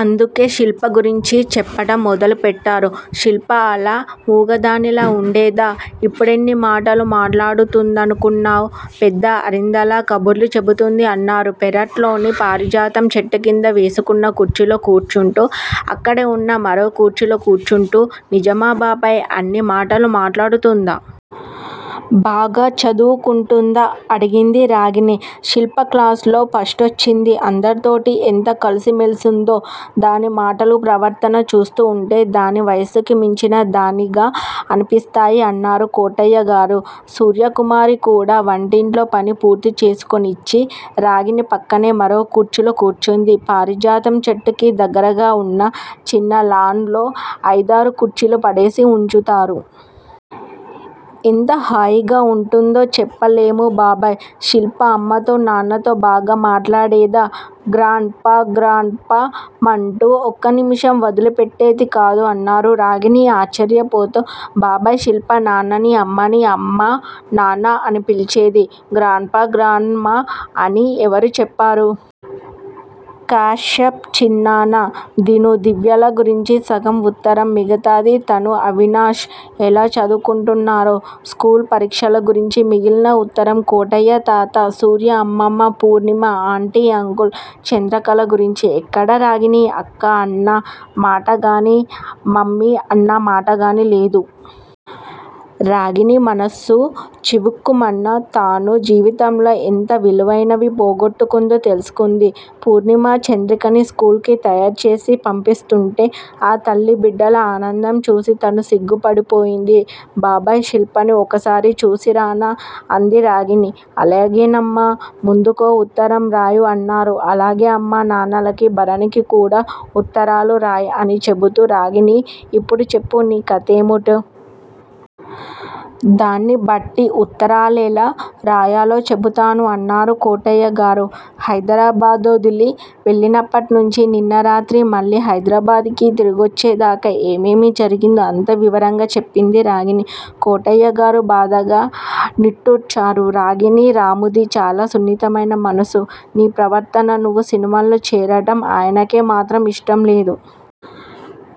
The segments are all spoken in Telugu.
అందుకే శిల్ప గురించి చెప్పటం మొదలెట్టారు. శిల్ప అలా మూగదానిలా వుండేదా, ఇప్పుడెన్ని మాటలు మాట్లాడుతుందనుకున్నావ్? పెద్ద ఆరిందలా కబుర్లు చెబుతుంది. అన్నారు పెరట్లోని పారిజాతం చెట్టుకింద వేసుకున్న కుర్చీలో కూర్చుంటూ. అక్కడే వున్న మరో కుర్చీలో కూర్చుంటూ నిజమా బాబాయ్! అన్ని మాటలు మాట్లాడుతోందా? బాగా చదువుకుంటుందా అడిగింది రాగిణి. శిల్ప క్లాసులో ఫస్టొచ్చింది. అందరితోటీ ఎంత కలిసిమెల్సిందో! దాని మాటలూ ప్రవర్తనా చూస్తూ వుంటే దాని వయస్సుకి మించిన దానిగా అనిపిస్తాయి! అన్నారు కోటయ్యగారు. సూర్యకుమారి కూడా వంటింట్లో పని పూర్తిచేసుకొనొచ్చి, రాగిణి పక్కనే మరో కుర్చీలో కూర్చుంది. పారిజాతం చెట్టుకి దగ్గరగా వున్న చిన్న లాన్ లో అయిదారు కుర్చీలు పడేసి వుంచుతారు. ఎంత హాయిగా వుంటుందో చెప్పలేము! బాబాయ్! శిల్ప అమ్మతో, నాన్నతో బాగా మాట్లాడేదా? గ్రాండ్ పా గ్రాండ్ మా అంటూ ఒక్క నిమిషం ఒదిలిపెట్టేది కాదు అన్నారు. రాగిణి ఆశ్చర్యపోతూ, బాబాయ్! శిల్ప నాన్ననీ అమ్మనీ అమ్మా నాన్నా అనే పిలిచేది. గ్రాండ్ పా గ్రాండ్ మా అని ఎవరు చెప్పారు? కాశ్యప్ చిన్నాన్నా, దీను, దివ్యల గురించి సగం వుత్తరం. మిగతాది తనూ అవినాష్ ఎలా చదువుకుంటున్నారో, స్కూలూ, పరీక్షల గురించి. మిగిలిన ఉత్తరం, కోటయ్యతాతా, సూర్య అమ్మమ్మ, ఫూర్ణిమా ఆంటీ, అంకుల్, చంద్రకళ గురించి. ఎక్కడా రాగిణి అక్క అన్న మాటగాని, మమ్మీ అన్న మాటగానీ లేదు. రాగిణి మనస్సు చివుక్కుమన్నా, తాను జీవితంలో ఎంత విలువైనవి పోగొట్టుకుందో తెలుసుకుంది. పూర్ణిమ, చంద్రికని స్కూలుకి తయారుచేసి పంపిస్తుంటే, ఆ తల్లీ బిడ్డల ఆనందం చూసి తను సిగ్గుపడిపోయింది. బాబాయ్! శిల్పని ఒకసారి చూసిరానా? అంది రాగిణి. అలాగేనమ్మా! ముందొక ఉత్తరం రాయి అన్నారు. అలాగే అమ్మా నాన్నలకీ, భరణికీ కూడా ఉత్తరాలు రాయి అని చెబుతూ రాగిణీ ఇప్పుడు చెప్పు, నీ కేథేమిటో? దాన్ని బట్టి ఉత్తరాలెలా రాయాలో చెబుతాను అన్నారు కోటయ్యగారు. హైదరాబాదొదిలి వెళ్ళినప్పటినుంచి, నిన్నరాత్రి మళ్ళీ హైదరాబాదుకి తిరిగొచ్చేదాకా ఏమేమి జరిగిందో అంతా వివరంగా చెప్పింది రాగిణి. కోటయ్యగారు బాధగా నిట్టూర్చారు. రాగిణీ, రామూది చాలా సున్నితమైన మనస్సు. నీ ప్రవర్తనా నువ్వు సినిమాల్లో చేరడం ఆయనకే మాత్రం ఇష్టంలేదు.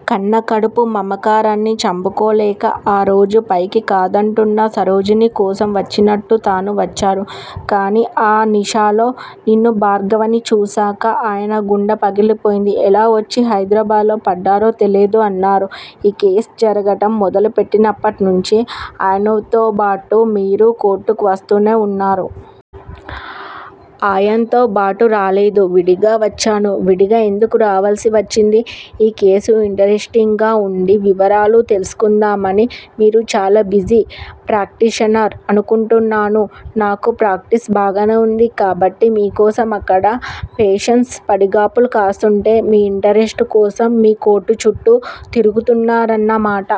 కన్న కడుపు మమకారాన్ని చంపుకోలేక ఆ రోజు పైకి కాదంటున్నా సరోజిని కోసం వచ్చినట్టు తాను వచ్చారు. కానీ ఆ నిషాలో నిన్నూ భార్గవనీ చూశాక, ఆయన గుండె పగిలిపోయింది. ఎలా వొచ్చి హైదరాబాద్ లో పడ్డారో తెలీదు అన్నారు. ఈ కేసు జరగటం మొదలుపెట్టినప్పట్నుంచీ ఆయన్తోబాటు మీరు కోర్టుకు వస్తూనే వున్నారు? ఆయన్తోబాటు రాలేదు. విడిగా వచ్చాను. విడిగా ఎందుకు రావల్సి వచ్చింది? ఈ కేసు యింటరెస్టింగ్ గా వుండి, వివరాలు తెలుసుకుందామని. మీరు చాలా బిజీ ప్రాక్టీషనర్ అనుకుంటాను. నాకు ప్రాక్టీస్ బాగానే వుంది. కాబట్టి మీకోసం అక్కడ పేషెంట్స్ పడిగాపులు కాస్తుంటే మీ యింటరెస్ట్ కోసం మీ కోర్టుచుట్టూ తిరుగుతున్నారన్నమాట.